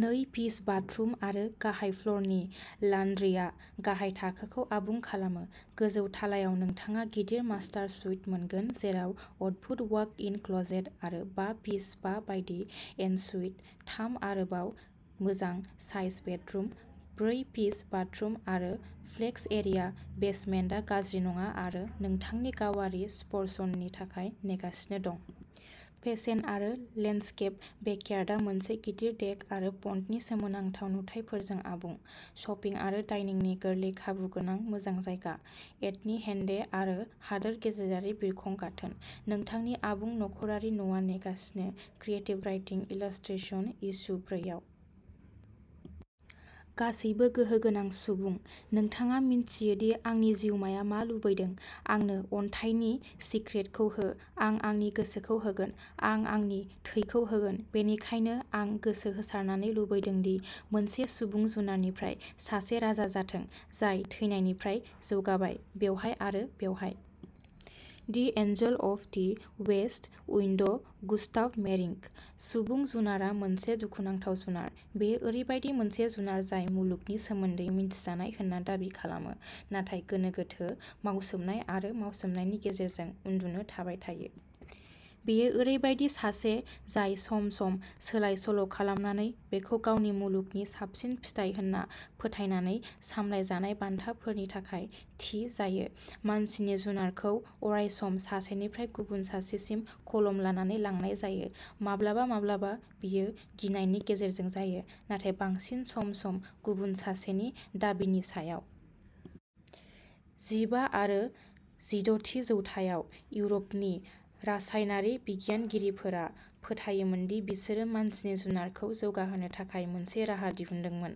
नै piece bathroom आरो गाहाय फ्ल'रनि लान्ड्रिआ गाहाय थाखोखौ आबुं खालामो। गोजौ थालायाव नोंथाङा गिदिर मास्टार सुइट मोनगोन, जेराव अद्भुत वाक इन क्लोसेट आरो बा पिस स्पा बायदि एनसुइट, थाम आरोबाव मोजां साइज बेडरुम, ब्रै पिस बाथरुम आरो फ्लेक्स एरिया बेसमेन्टआ गाज्रि नङा आरो नोंथांनि गावारि स्पर्शननि थाखाय नेगासिनो दं। फेन्सेद आरो लेन्डस्केप बेकयार्डआ मोनसे गिदिर देक आरो पन्डनि सोमोनांथाव नुथायफोरजों आबुं। शपिं आरो डाइनिंनि गोरलै खाबु गोनां मोजां जायगा, एथनी हेन्डे, आरो हादोर गेजेरारि बिरखं गाथोन। नोंथांनि आबुं नख'रारि न'आ नेगासिनो क्रिएटिभ राइटिं, इलास्ट्रेशन, इस्यु ब्रै आव। गासैबो गोहो गोनां सुबुं, नोंथाङा मिथियो दि आंनि जिउमाया मा लुबैदों। आंनो अन्थाइनि सिक्रेटखौ हो आं आंनि गोसोखौ होगोन, आं आंनि थैखौ होगोन बेनिखायनो आं गोसो होसारनानै लुबैदों दि मोनसे सुबुं जुनारनिफ्राय सासे राजा जाथों, जाय थैनायनिफ्राय जौगाबाय, बेवहाय आरो बेवहाय। The angel of the west wind Gustav Meyrink. सुबुं जुनारआ मोनसे दुखुनांथाव जुनार। बेयो ओरैबायदि मोनसे जुनार जाय मुलुगनि सोमोन्दै मिथिजानाय होनना दाबि खालामो, नाथाय गोनो गोथो, मावसोमनाय आरो मावसोमनायनि गेजेरजों उन्दुनो थाबाय थायो। बेयो ओरैबायदि सासे जाय सम-सम सोलाय-सोल' खालामनानै बेखौ गावनि मुलुगनि साबसिन फिथाय होन्ना फोथायनानै सामलायजानाय बान्थाफोरनि थाखाय थि जायो। मानसिनि जुनारखौ अरायसम सासेनिफ्राय गुबुन सासेसिम कलम लानानै लांनाय जायो। माब्लाबा माब्लाबा बेयो गिनायनि गेजेरजों जायो, नाथाय बांसिन सम-सम गुबुन सासेनि दाबिनि सायाव। जिबा आरो जिद'थि जौथायाव इउर'पनि रासायनारि बिगियानगिरिफोरा फोथायोमोन दि बिसोरो मानसिनि जुनारखौ जौगाहोनो थाखाय मोनसे राहा दिहुनदोंमोन।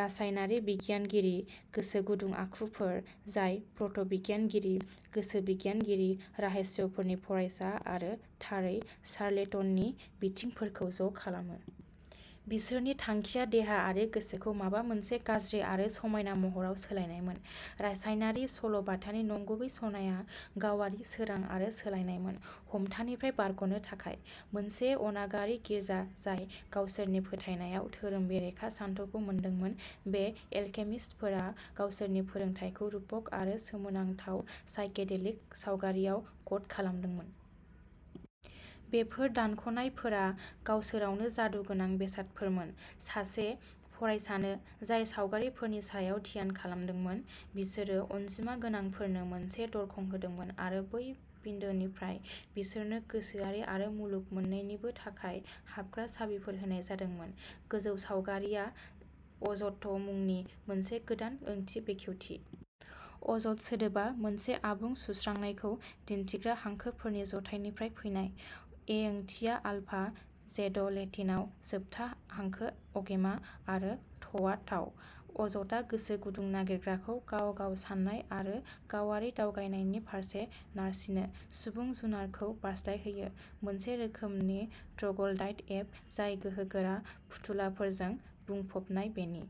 रासायनारि बिगियानगिरि, गोसोगुदुं आखुफोर, जाय प्र'ट' बिगियानगिरि, गोसो बिगियानगिरि, राहस्यफोरनि फरायसा आरो थारै चार्लेटननि बिथिंफोरखौ ज' खालामो। बिसोरनि थांखिया देहा आरो गोसोखौ माबा मोनसे गाज्रि आरो समायना महराव सोलायनायमोन। रासायनारि सल' बाथानि नंगुबै सनाया गावारि सोरां आरो सोलायनायमोन। हमथानिफ्राय बारग'नो थाखाय। मोनसे अनागारि गिर्जा जाय गावसोरनि फोथायनायाव धोरोम बेरेखा सानथौखौ मोनदोंमोन, बे एलकेमिस्टफोरा गावसोरनि फोरोंथायखौ रुपक आरो सोमोनांथाव, साइकेडेलिक सावगारिआव क'ड खालामदोंमोन। बेफोर दानख'नायफोरा गावसोरावनो जादु गोनां बेसादफोरमोन। सासे फरायसानो जाय सावगारिफोरनि सायाव ध्यान खालामदोंमोन, बिसोरो अनजिमा गोनांफोरनो मोनसे दरखं होदोंमोन आरो बै बिन्दोनिफ्राय, बिसोरनो गोसोआरि आरो मुलुग मोननैनिबो थाखाय हाबग्रा साबिफोर होनाय जादोंमोन। गोजौ सावगारिआ अज'थ' मुंनि मोनसे गोदान ओंथि बेखेवथि। अज'थ सोदोबा मोनसे आबुं सुस्रांनायखौ दिन्थिग्रा हांखोफोरनि जथायनिफ्राय फैनाय। एओंथिया आलफा, जेड' लेटिनआव जोबथा हांखो अगेमा, आरो थ'आ ताउ। अज'थआ गोसो गुदुं नागिरग्राखौ गाव-गाव साननाय आरो गावारि दावबायनायनि फारसे नारसिनो, सुबुं जुनारखौ बारस्लायहोयो, मोनसे रोखोमनि ट्र'ग्ल'डाइट एप जाय गोहोगोरा फुथुलाफोरजों बुंफबनाय, बेनि